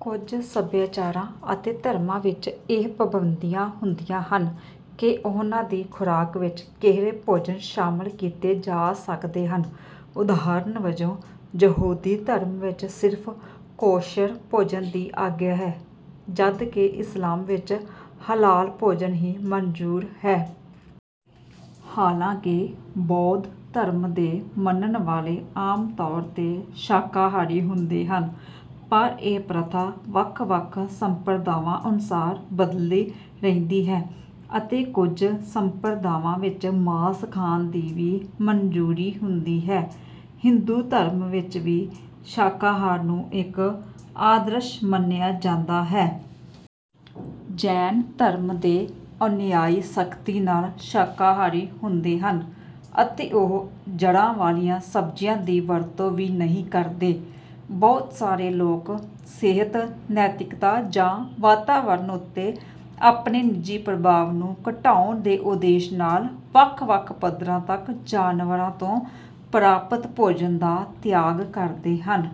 ਕੁਝ ਸਭਿਆਚਾਰਾਂ ਅਤੇ ਧਰਮਾਂ ਵਿੱਚ ਇਹ ਪਾਬੰਦੀਆਂ ਹੁੰਦੀਆਂ ਹਨ ਕਿ ਉਨ੍ਹਾਂ ਦੀ ਖੁਰਾਕ ਵਿੱਚ ਕਿਹੜੇ ਭੋਜਨ ਸ਼ਾਮਲ ਕੀਤੇ ਜਾ ਸਕਦੇ ਹਨ। ਉਦਾਹਰਨ ਵਜੋਂ, ਯਹੂਦੀ ਧਰਮ ਵਿੱਚ ਸਿਰਫ਼ ਕੋਸ਼ਰ ਭੋਜਨ ਦੀ ਆਗਿਆ ਹੈ, ਜਦਕਿ ਇਸਲਾਮ ਵਿੱਚ ਹਲਾਲ ਭੋਜਨ ਹੀ ਮਨਜ਼ੂਰ ਹੈ। ਹਾਲਾਂਕਿ ਬੌਧ ਧਰਮ ਦੇ ਮੰਨਣ ਵਾਲੇ ਆਮ ਤੌਰ ’ਤੇ ਸ਼ਾਕਾਹਾਰੀ ਹੁੰਦੇ ਹਨ, ਪਰ ਇਹ ਪ੍ਰਥਾ ਵੱਖ-ਵੱਖ ਸੰਪਰਦਾਵਾਂ ਅਨੁਸਾਰ ਬਦਲਦੀ ਰਹਿੰਦੀ ਹੈ ਅਤੇ ਕੁਝ ਸੰਪਰਦਾਵਾਂ ਵਿੱਚ ਮਾਸ ਖਾਣ ਦੀ ਵੀ ਮਨਜ਼ੂਰੀ ਹੁੰਦੀ ਹੈ। ਹਿੰਦੂ ਧਰਮ ਵਿੱਚ ਵੀ ਸ਼ਾਕਾਹਾਰ ਨੂੰ ਇੱਕ ਆਦਰਸ਼ ਮੰਨਿਆ ਜਾਂਦਾ ਹੈ। ਜੈਨ ਧਰਮ ਦੇ ਅਨੁਯਾਈ ਸਖ਼ਤੀ ਨਾਲ ਸ਼ਾਕਾਹਾਰੀ ਹੁੰਦੇ ਹਨ ਅਤੇ ਉਹ ਜੜ੍ਹਾਂ ਵਾਲੀਆਂ ਸਬਜ਼ੀਆਂ ਦੀ ਵਰਤੋਂ ਵੀ ਨਹੀਂ ਕਰਦੇ। ਬਹੁਤ ਸਾਰੇ ਲੋਕ ਸਿਹਤ, ਨੈਤਿਕਤਾ ਜਾਂ ਵਾਤਾਵਰਣ ਉੱਤੇ ਆਪਣੇ ਨਿੱਜੀ ਪ੍ਰਭਾਵ ਨੂੰ ਘਟਾਉਣ ਦੇ ਉਦੇਸ਼ ਨਾਲ ਵੱਖ-ਵੱਖ ਪੱਧਰਾਂ ਤੱਕ ਜਾਨਵਰਾਂ ਤੋਂ ਪ੍ਰਾਪਤ ਭੋਜਨ ਦਾ ਤਿਆਗ ਕਰਦੇ ਹਨ।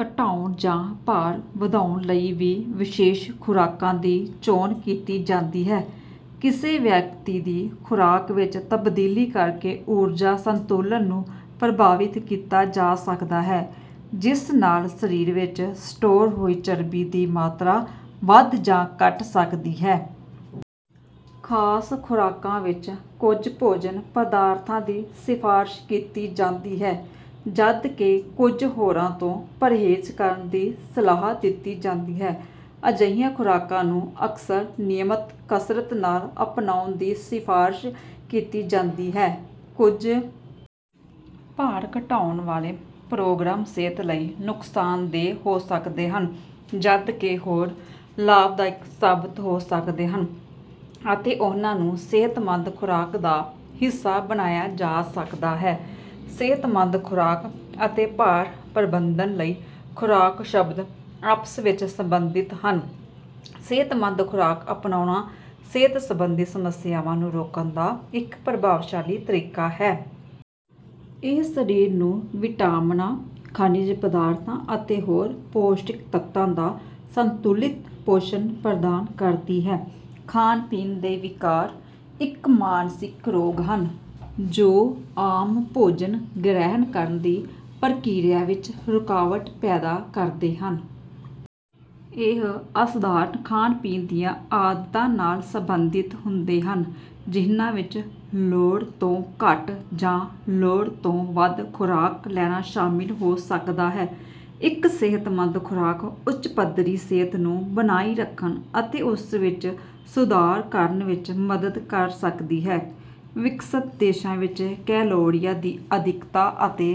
ਘਟਾਉਣ ਜਾਂ ਭਾਰ ਵਧਾਉਣ ਲਈ ਵੀ ਵਿਸ਼ੇਸ਼ ਖੁਰਾਕਾਂ ਦੀ ਚੋਣ ਕੀਤੀ ਜਾਂਦੀ ਹੈ। ਕਿਸੇ ਵਿਅਕਤੀ ਦੀ ਖੁਰਾਕ ਵਿੱਚ ਤਬਦੀਲੀ ਕਰਕੇ ਊਰਜਾ ਸੰਤੁਲਨ ਨੂੰ ਪ੍ਰਭਾਵਿਤ ਕੀਤਾ ਜਾ ਸਕਦਾ ਹੈ, ਜਿਸ ਨਾਲ ਸਰੀਰ ਵਿੱਚ ਸਟੋਰ ਹੋਈ ਚਰਬੀ ਦੀ ਮਾਤਰਾ ਵਧ ਜਾਂ ਘਟ ਸਕਦੀ ਹੈ। ਖ਼ਾਸ ਖੁਰਾਕਾਂ ਵਿੱਚ ਕੁਝ ਭੋਜਨ ਪਦਾਰਥਾਂ ਦੀ ਸਿਫ਼ਾਰਸ਼ ਕੀਤੀ ਜਾਂਦੀ ਹੈ, ਜਦਕਿ ਕੁਝ ਹੋਰਾਂ ਤੋਂ ਪਰਹੇਜ਼ ਕਰਨ ਦੀ ਸਲਾਹ ਦਿੱਤੀ ਜਾਂਦੀ ਹੈ। ਅਜਿਹੀਆਂ ਖੁਰਾਕਾਂ ਨੂੰ ਅਕਸਰ ਨਿਯਮਿਤ ਕਸਰਤ ਨਾਲ ਅਪਣਾਉਣ ਦੀ ਸਿਫ਼ਾਰਸ਼ ਕੀਤੀ ਜਾਂਦੀ ਹੈ। ਕੁਝ ਭਾਰ ਘਟਾਉਣ ਵਾਲੇ ਪ੍ਰੋਗਰਾਮ ਸਿਹਤ ਲਈ ਨੁਕਸਾਨਦੇਹ ਹੋ ਸਕਦੇ ਹਨ, ਜਦਕਿ ਹੋਰ ਲਾਭਦਾਇਕ ਸਾਬਤ ਹੋ ਸਕਦੇ ਹਨ ਅਤੇ ਉਨ੍ਹਾਂ ਨੂੰ ਸਿਹਤਮੰਦ ਖੁਰਾਕ ਦਾ ਹਿੱਸਾ ਬਣਾਇਆ ਜਾ ਸਕਦਾ ਹੈ। “ਸਿਹਤਮੰਦ ਖੁਰਾਕ” ਅਤੇ “ਭਾਰ ਪ੍ਰਬੰਧਨ ਲਈ ਖੁਰਾਕ” ਸ਼ਬਦ ਆਪਸ ਵਿੱਚ ਸੰਬੰਧਿਤ ਹਨ, ਸਿਹਤਮੰਦ ਖੁਰਾਕ ਅਪਣਾਉਣਾ ਸਿਹਤ ਸੰਬੰਧੀ ਸਮੱਸਿਆਵਾਂ ਨੂੰ ਰੋਕਣ ਦਾ ਇੱਕ ਪ੍ਰਭਾਵਸ਼ਾਲੀ ਤਰੀਕਾ ਹੈ। ਇਹ ਸਰੀਰ ਨੂੰ ਵਿਟਾਮਿਨਾਂ, ਖਣਿਜ ਪਦਾਰਥਾਂ ਅਤੇ ਹੋਰ ਪੌਸ਼ਟਿਕ ਤੱਤਾਂ ਦਾ ਸੰਤੁਲਿਤ ਪੋਸ਼ਣ ਪ੍ਰਦਾਨ ਕਰਦੀ ਹੈ। ਖਾਣ-ਪੀਣ ਦੇ ਵਿਕਾਰ। ਇੱਕ ਮਾਨਸਿਕ ਰੋਗ ਹਨ, ਜੋ ਆਮ ਭੋਜਨ ਗ੍ਰਹਿਣ ਕਰਨ ਦੀ ਪ੍ਰਕਿਰਿਆ ਵਿੱਚ ਰੁਕਾਵਟ ਪੈਦਾ ਕਰਦੇ ਹਨ। ਇਹ ਅਸਧਾਰਣ ਖਾਣ-ਪੀਣ ਦੀਆਂ ਆਦਤਾਂ ਨਾਲ ਸੰਬੰਧਿਤ ਹੁੰਦੇ ਹਨ, ਜਿਨ੍ਹਾਂ ਵਿੱਚ ਲੋੜ ਤੋਂ ਘੱਟ ਜਾਂ ਲੋੜ ਤੋਂ ਵੱਧ ਖੁਰਾਕ ਲੈਣਾ ਸ਼ਾਮਲ ਹੋ ਸਕਦਾ ਹੈ। ਇੱਕ ਸਿਹਤਮੰਦ ਖੁਰਾਕ ਉੱਚ ਪੱਧਰੀ ਸਿਹਤ ਨੂੰ ਬਣਾਈ ਰੱਖਣ ਅਤੇ ਉਸ ਵਿੱਚ ਸੁਧਾਰ ਕਰਨ ਵਿੱਚ ਮਦਦ ਕਰ ਸਕਦੀ ਹੈ। ਵਿਕਸਤ ਦੇਸ਼ਾਂ ਵਿੱਚ, ਕੈਲੋਰੀਆਂ ਦੀ ਅਧਿਕਤਾ ਅਤੇ…